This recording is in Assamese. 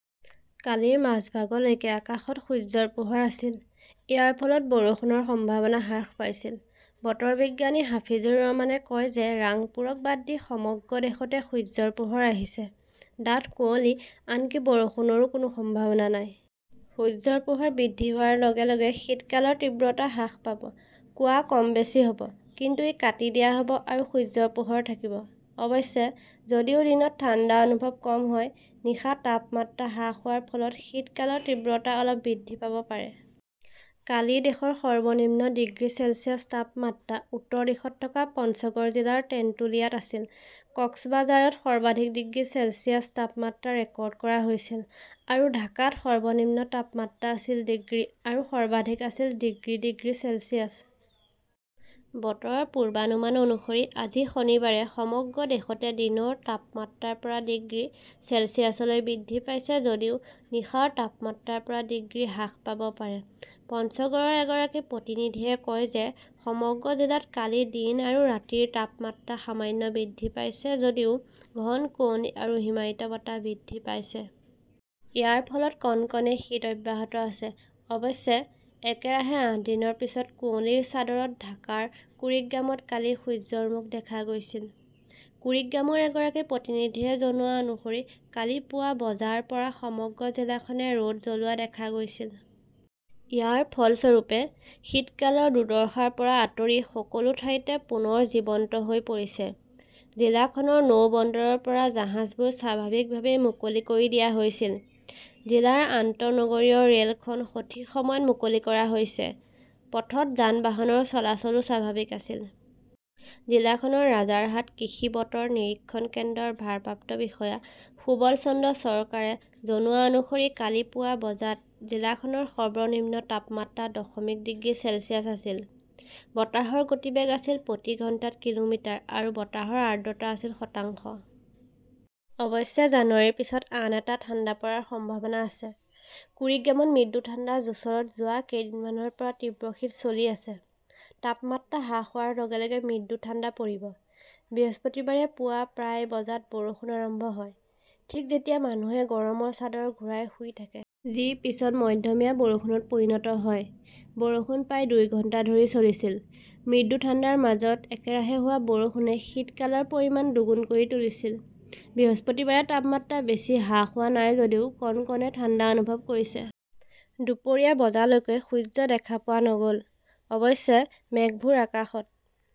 কালিৰ মাজভাগলৈকে আকাশত সূৰ্যৰ পোহৰ আছিল; ইয়াৰ ফলত বৰষুণৰ সম্ভাৱনা হ্ৰাস পাইছিল। বতৰ বিজ্ঞানী হাফিজুৰ ৰহমানে কয় যে ৰাংপুৰক বাদ দি সমগ্ৰ দেশতে সূৰ্যৰ পোহৰ আহিছে। ডাঠ কুঁৱলী, আনকি বৰষুণৰো কোনো সম্ভাৱনা নাই। সূৰ্যৰ পোহৰ বৃদ্ধি হোৱাৰ লগে লগে শীতকালৰ তীব্ৰতা হ্ৰাস পাব। কুৱা কম বেছি হ "ব, কিন্তু ই কাটি দিয়া হ" ব আৰু সূৰ্যৰ পোহৰ থাকিব। অৱশ্যে, যদিও দিনত ঠাণ্ডা অনুভৱ কম হয়, নিশা তাপমাত্ৰা হ্ৰাস হোৱাৰ ফলত শীতকালৰ তীব্ৰতা অলপ বৃদ্ধি পাব পাৰে। কালি দেশৰ সৰ্বনিম্ন ডিগ্ৰী চেলছিয়াছ তাপমাত্ৰা উত্তৰ দিশত থকা পঞ্চগড় জিলাৰ তেন্তুলিয়াত আছিল। কক্সবাঝাৰত সৰ্বাধিক ডিগ্ৰী চেলছিয়াছ তাপমাত্ৰা ৰেকৰ্ড কৰা হৈছিল। আৰু ঢাকাত সৰ্বনিম্ন তাপমাত্ৰা আছিল ডিগ্ৰী আৰু সৰ্বাধিক আছিল ডিগ্ৰী ডিগ্ৰী চেলছিয়াছ। বতৰৰ পূৰ্বানুমান অনুসৰি আজি শনিবাৰে সমগ্ৰ দেশতে দিনৰ তাপমাত্ৰা ৰ পৰা ডিগ্ৰী চেলছিয়াছলৈ বৃদ্ধি পাইছে যদিও নিশাৰ তাপমাত্ৰা ৰ পৰা ডিগ্ৰী হ্ৰাস পাব পাৰে। পঞ্চগড়ৰ এগৰাকী প্ৰতিনিধিয়ে কয় যে সমগ্ৰ জিলাত কালি দিন আৰু ৰাতিৰ তাপমাত্ৰা সামান্য বৃদ্ধি পাইছে যদিও ঘন কুঁৱলী আৰু হিমায়িত বতাহ বৃদ্ধি পাইছে। ইয়াৰ ফলত কনকনে শীত অব্যাহত আছে। অৱশ্যে, একেৰাহে আঠ দিনৰ পিছত কুঁৱলীৰ চাদৰত ঢাকাৰ কুৰিগ্ৰামত কালি সূৰ্যৰ মুখ দেখা গৈছিল। কুৰিগ্ৰামৰ এগৰাকী প্ৰতিনিধিয়ে জনোৱা অনুসৰি কালি পুৱা বজাৰ পৰা সমগ্ৰ জিলাখনে ৰ 'দ জ্বলোৱা দেখা গৈছিল। ইয়াৰ ফলস্বৰূপে, শীতকালৰ দুৰ্দশাৰ পৰা আঁতৰি সকলো ঠাইতে পুনৰ জীৱন্ত হৈ পৰিছে। জিলাখনৰ নৌ বন্দৰৰ পৰা জাহাজবোৰ স্বাভাৱিকভাৱেই মুকলি কৰি দিয়া হৈছিল। জিলাৰ আন্তঃ নগৰীয় ৰে "লখন সঠিক সময়ত মুকলি কৰা হৈছে। পথত যান-বাহনৰ চলাচলও স্বাভাৱিক আছিল। জিলাখনৰ ৰাজাৰহাট কৃষি বতৰ নিৰীক্ষণ কেন্দ্ৰৰ ভাৰপ্ৰাপ্ত বিষয়া সুবল চন্দ্ৰ চৰকাৰে জনোৱা অনুসৰি কালি পুৱা বজাত জিলাখনৰ সৰ্বনিম্ন তাপমাত্ৰা দশমিক ডিগ্ৰী চেলছিয়াছ আছিল। বতাহৰ গতিবেগ আছিল প্ৰতি ঘণ্টাত কিলোমিটাৰ আৰু বতাহৰ আৰ্দ্ৰতা আছিল শতাংশ। অৱশ্যে জানুৱাৰীৰ পিছত আন এটা ঠাণ্ডা পৰাৰ সম্ভাৱনা আছে। কুৰিগ্ৰামত মৃদু ঠাণ্ডা যোছৰত যোৱা কেইদিনমানৰ পৰা তীব্ৰ শীত চলি আছে। তাপমাত্ৰা হ্ৰাস হোৱাৰ লগে লগে মৃদু ঠাণ্ডা পৰিব। বৃহস্পতিবাৰে পুৱা প্ৰায় বজাত বৰষুণ আৰম্ভ হয়, ঠিক যেতিয়া মানুহে গৰমৰ চাদৰ ঘূৰাই শুই থাকে। যি পিছত মধ্যমীয়া বৰষুণত পৰিণত হয়। বৰষুণ প্ৰায় দুই ঘণ্টা ধৰি চলিছিল। মৃদু ঠাণ্ডাৰ মাজত একেৰাহে হোৱা বৰষুণে শীতকালৰ পৰিমাণ দুগুণ কৰি তুলিছিল। বৃহস্পতিবাৰে তাপমাত্ৰা বেছি হ্ৰাস হোৱা নাই যদিও কনকনে ঠাণ্ডা অনুভৱ কৰিছে। দুপৰীয়া বজালৈকে সূৰ্য দেখা পোৱা নগ "ল। অৱশ্যে, মেঘবোৰ আকাশত